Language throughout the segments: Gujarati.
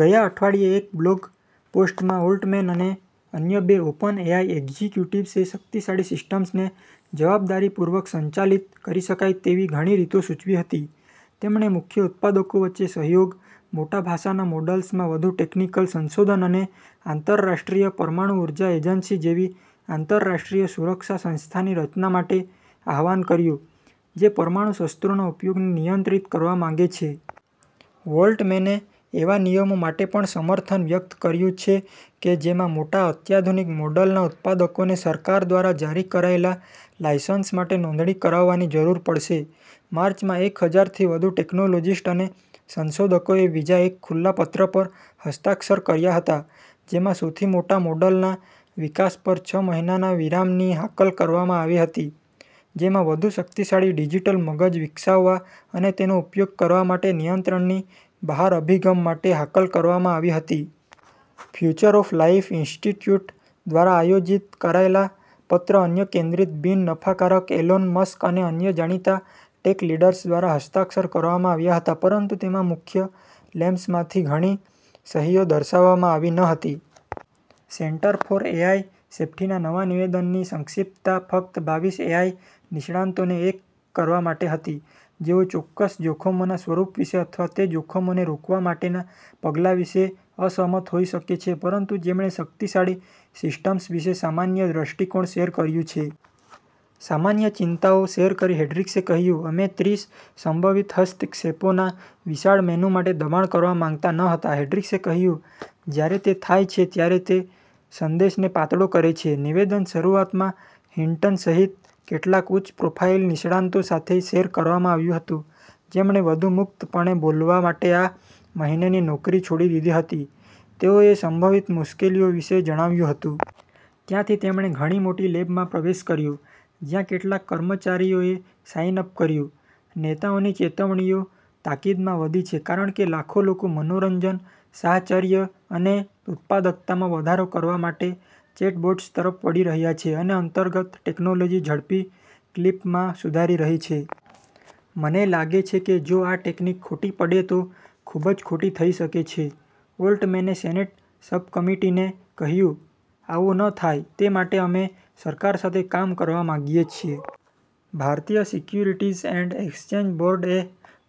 ગયા અઠવાડિયે એક બ્લોગ પોસ્ટમાં, ઓલ્ટમેન અને અન્ય બે ઓપનએઆઈ એક્ઝિક્યુટિવ્સે શક્તિશાળી સિસ્ટમ્સને જવાબદારીપૂર્વક સંચાલિત કરી શકાય તેવી ઘણી રીતો સૂચવી હતી. તેમણે મુખ્ય ઉત્પાદકો વચ્ચે સહયોગ, મોટા ભાષાના મોડલ્સમાં વધુ ટેકનિકલ સંશોધન અને આંતરરાષ્ટ્રીય પરમાણુ ઉર્જા એજન્સી જેવી આંતરરાષ્ટ્રીય સુરક્ષા સંસ્થાની રચના માટે આહ્વાન કર્યું, જે પરમાણુ શસ્ત્રોના ઉપયોગને નિયંત્રિત કરવા માંગે છે. ઓલ્ટમેને એવા નિયમો માટે પણ સમર્થન વ્યક્ત કર્યું છે કે, જેમાં મોટા, અત્યાધુનિક મોડલના ઉત્પાદકોને સરકાર દ્વારા જારી કરાયેલા લાઇસન્સ માટે નોંધણી કરાવવાની જરૂર પડશે. માર્ચમાં, એક હજાર થી વધુ ટેક્નોલોજિસ્ટ્સ અને સંશોધકોએ બીજા એક ખુલ્લા પત્ર પર હસ્તાક્ષર કર્યા હતા, જેમાં સૌથી મોટા મોડલના વિકાસ પર છ મહિનાના વિરામની હાકલ કરવામાં આવી હતી, જેમાં "વધુ શક્તિશાળી ડિજિટલ મગજ વિકસાવવા અને તેનો ઉપયોગ કરવા માટે નિયંત્રણની બહાર અભિગમ" માટે હાકલ કરવામાં આવી હતી. ફ્યુચર ઑફ લાઇફ ઇન્સ્ટિટ્યૂટ દ્વારા આયોજિત કરાયેલા પત્ર, અન્ય -કેન્દ્રિત બિન નફાકારક, એલોન મસ્ક અને અન્ય જાણીતા ટેક લીડર્સ દ્વારા હસ્તાક્ષર કરવામાં આવ્યા હતા, પરંતુ તેમાં મુખ્ય લેબ્સમાંથી ઘણી સહીઓ દર્શાવવામાં આવી ન હતી. સેન્ટર ફોર એઆઈ સેફ્ટીના નવા નિવેદનની સંક્ષિપ્તતા ફક્ત બાવીસ એઆઈ નિષ્ણાતોને એક કરવા માટે હતી, જેઓ ચોક્કસ જોખમોના સ્વરૂપ વિશે અથવા તે જોખમોને રોકવા માટેના પગલાં વિશે અસંમત હોઈ શકે છે પરંતુ, જેમણે શક્તિશાળી સિસ્ટમ્સ વિશે સામાન્ય દ્રષ્ટિકોણ શેર કર્યું છે. સામાન્ય ચિંતાઓ શેર કરી, હેન્ડ્રીક્સે કહ્યું. "અમે ત્રીસ સંભવિત હસ્તક્ષેપોના વિશાળ મેનૂ માટે દબાણ કરવા માંગતા ન હતા," હેન્ડ્રીક્સે કહ્યું. "જ્યારે તે થાય છે, ત્યારે તે સંદેશને પાતળો કરે છે. " નિવેદન શરૂઆતમાં હિન્ટન સહિત કેટલાક ઉચ્ચ-પ્રોફાઇલ નિષ્ણાતો સાથે શેર કરવામાં આવ્યું હતું, જેમણે વધુ મુક્તપણે બોલવા માટે આ મહિને ની નોકરી છોડી દીધી હતી, તેઓએ સંભવિત મુશ્કેલીઓ વિશે જણાવ્યું હતું. ત્યાંથી, તેમણે ઘણી મોટી લેબમાં પ્રવેશ કર્યો, જ્યાં કેટલાક કર્મચારીઓએ સાઇન અપ કર્યું. નેતાઓની ચેતવણીઓ તાકીદમાં વધી છે કારણ કે, લાખો લોકો મનોરંજન, સાહચર્ય અને ઉત્પાદકતામાં વધારો કરવા માટે ચેટબોટ્સ તરફ વળી રહ્યા છે, અને અંતર્ગત ટેકનોલોજી ઝડપી ક્લિપમાં સુધારી રહી છે. "મને લાગે છે કે જો આ ટેકનિક ખોટી પડે, તો તે ખૂબ જ ખોટી થઈ શકે છે," ઓલ્ટમેને સેનેટ સબકમિટીને કહ્યું. "આવુ ન થાય તે માટે અમે સરકાર સાથે કામ કરવા માંગીએ છીએ. ભારતીય સિક્યોરિટીઝ એન્ડ એક્સચેન્જ બોર્ડ એ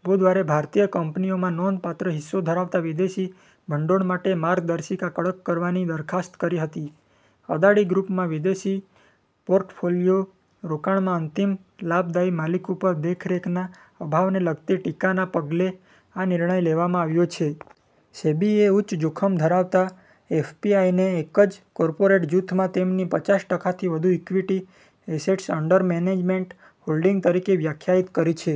બુધવારે ભારતીય કંપનીઓમાં નોંધપાત્ર હિસ્સો ધરાવતા વિદેશી ભંડોળ માટે માર્ગદર્શિકા કડક કરવાની દરખાસ્ત કરી હતી. અદાણી ગ્રૂપમાં વિદેશી પોર્ટફોલિયો રોકાણમાં અંતિમ લાભદાયી માલિકો પર દેખરેખના અભાવને લગતી ટીકાના પગલે આ નિર્ણય લેવામાં આવ્યો છે. સેબીએ ઉચ્ચ જોખમ ધરાવતા એફપીઆઈને એક જ કોર્પોરેટ જૂથમાં તેમની પચાસ ટકા થી વધુ equity assets under management holding તરીકે વ્યાખ્યાયિત કરી છે.